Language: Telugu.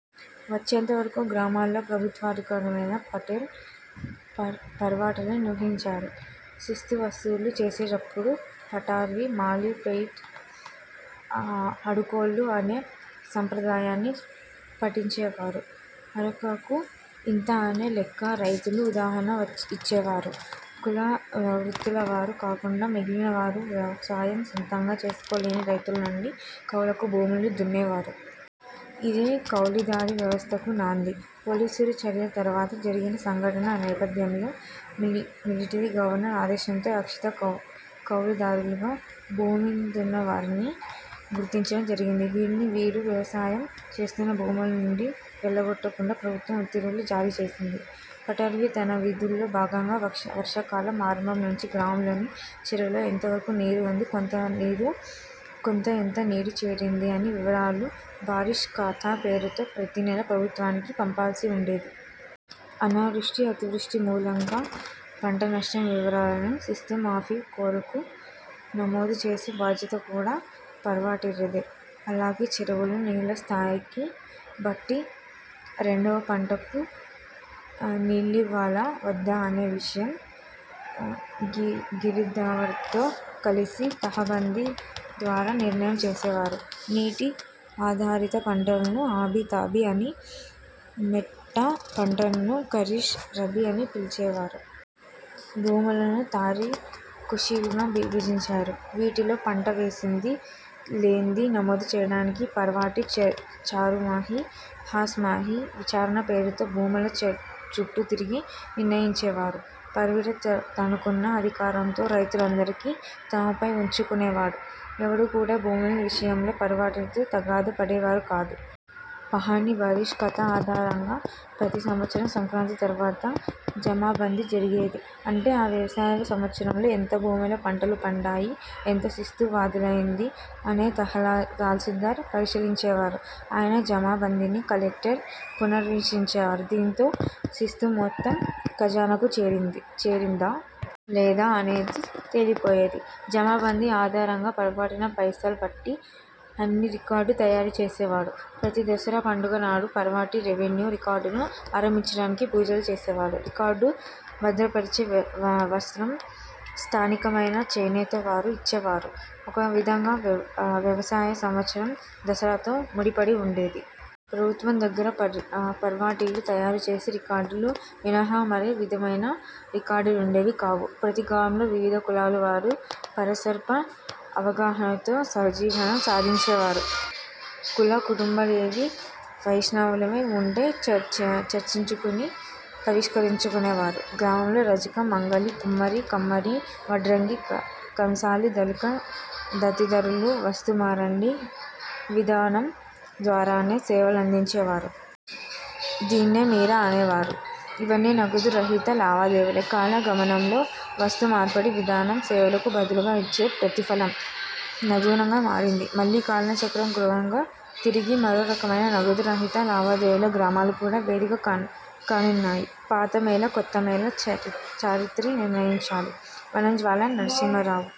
వచ్చేంత వరకూ గ్రామాలలో ప్రభుత్వాధికారమంతా పటేల్ పట్వారీలే నిర్వహించేవారు. శిస్తు వసూలు చేసేటప్పుడు పట్వారీ, మాలీ పటేల్ అడుక్కోళ్లు అనే సాంప్రదాయాన్ని పాటించేవారు. ''అరక''కు ఇంత అనే లెక్కన రైతులు ఉదారంగా ఇచ్చేవారు. కుల వృత్తులవారు కాకుండా మిగిలినవారు, వ్యవసాయం సొంతంగా చేసుకోలేని రైతుల నుండి కౌలుకు భూమి దున్నేవారు. ఇదే కౌలుదారీ వ్యవస్థకు నాంది. పోలీసు చర్య తరువాత జరిగిన సంఘటనల నేపథ్యంలో మిలిటరీ గవర్నర్ ఆదేశంతో రక్షిత కౌలుదారీలుగా భూమిదున్నేవారిని గుర్తించడం జరిగింది. వీరిని, వీరు వ్యవసా యం చేస్తున్న భూముల నుండి వెళ్లగొట్టకుండా ప్రభుత్వం ఉత్తర్వులు జారీ చేసింది. పట్వారీ తన విధుల్లో భాగంగా, వర్షాకాలం ఆరంభం నుంచి, గ్రామంలోని చెరువులో ఎంత నీరు వుంది, కొత్తగా ఎంత నీరు చేరింది అనే వివరాలను ''బారిష్ తఖ్తా'' పేరుతో ప్రతి నెలా ప్రభుత్వానికి పంపాల్సి వుండేది. అనావృష్టి, అతివృష్టి మూలంగా పంట నష్టం వివరాలను, శిస్తు మాఫీ కొరకు నమోదు చేసే బాధ్యత కూడా పట్వారీదే. అలాగే చెరువుల్లో నీళ్ల స్థాయిని బట్టి రెండవ పంటకు నీళ్లివ్వాలా? వద్దా? అనే విషయం గిర్దావర్తో కలిసి ''తహబంధీ'' ద్వారా నిర్ణయం చేసేవారు. నీటి ఆధారిత పంటలను ఆబి, తాబి అని, మెట్ట పంటలను ఖరీఫ్, రబ్బీ అని పిలిచేవారు. భూములను తరీ, ఖుష్కీలుగా విభజించేవారు. వీటిలో పంట వేసిందీ, లేందీ నమోదు చేయడానికి పట్వారీ ''చారుమహి'', ''హస్త్ మాయి'' విచారణ పేరుతో భూముల చుట్టూ తిరిగి నిర్ణయించేవారు. పట్వారీ తనకున్న అధికారంతో రైతులందరినీ తనవైపే వుంచుకునేవాడు. ఎవరు కూడా భూముల విషయంలో పట్వారీతో తగాదా పడేవారు కాదు. పహాణీ, బారష్ తఖ్తా ఆధారంగా ప్రతి సంవత్సరం సంక్రాంతి తరువాత ''జమా బందీ'' జరిగేది. అంటే, ఆ వ్యవసాయ సంవత్సరంలో ఎంత భూమిలో పంటలు పండాయి, ఎంత శిస్తు వసూలైందీ అనేది తహసీల్దార్ పరిశీలించేవారు. ఆయన జమా బందీని కలెక్టర్ పునఃపరిశీలించేవారు. దీంతో శిస్తు మొత్తం ఖజానాకు చేరిందా? లేదా? అనేది తేలిపోయేది. జమా బందీ ఆధారంగా పట్వారీ ''పైసల్ పట్టీ'' అన్న రికార్డు తయారు చేసేవాడు. ప్రతి దసరా పండుగ నాడు పట్వారీ రెవెన్యూ రికార్డులను ఆరంభించడానికి పూజలు చేసేవాడు. రికార్డులు భద్రపరిచే వస్త్రం స్థానికమైన చేనేత వారు ఇచ్చేవారు. ఒక విధంగా వ్యవసాయ సంవత్సరం దసరాతో ముడిపడి వుండేది. ప్రభుత్వం దగ్గర పట్వారీలు తయారు చేసిన రికార్డులు మినహా మరే విధమైన రికార్డులుండేవి కావు. ప్రతీ గ్రామంలో వివిధ కులాల వారు పరస్పర అవగాహనతో సహజీవనం సాగించేవారు. కుల కట్టుబాట్లుండేవి. వైషమ్యాలేమన్నా వుంటే చర్చించుకుని పరిష్కరించుకునేవారు. గ్రామంలోని రజక, మంగలి, కుమ్మరి, కమ్మరి, వడ్రంగి, కంసాలి, దళిత తదితరులు వస్తుమార్పిడి విధానం ద్వారానే సేవలందించేవారు. దీన్నే మేర అనేవారు. ఇవన్నీ నగదు రహిత లావాదేవీలే. కాల గమనంలో, వస్తు మార్పిడి విధానం సేవలకు బదులుగా ఇచ్చే ప్రతిఫలం, నగదుగా మారింది. మళ్లీ కాల చక్రం గిర్రున తిరిగి మరో రకమైన నగదు రహిత లావాదేవీలకు గ్రామాలు కూడా వేదిక కానున్నాయి. ''పాత'' మేలా? ''కొత్త'' మేలా? చరిత్రే నిర్ణయించాలి! -వనం జ్వాలా నరసింహారావు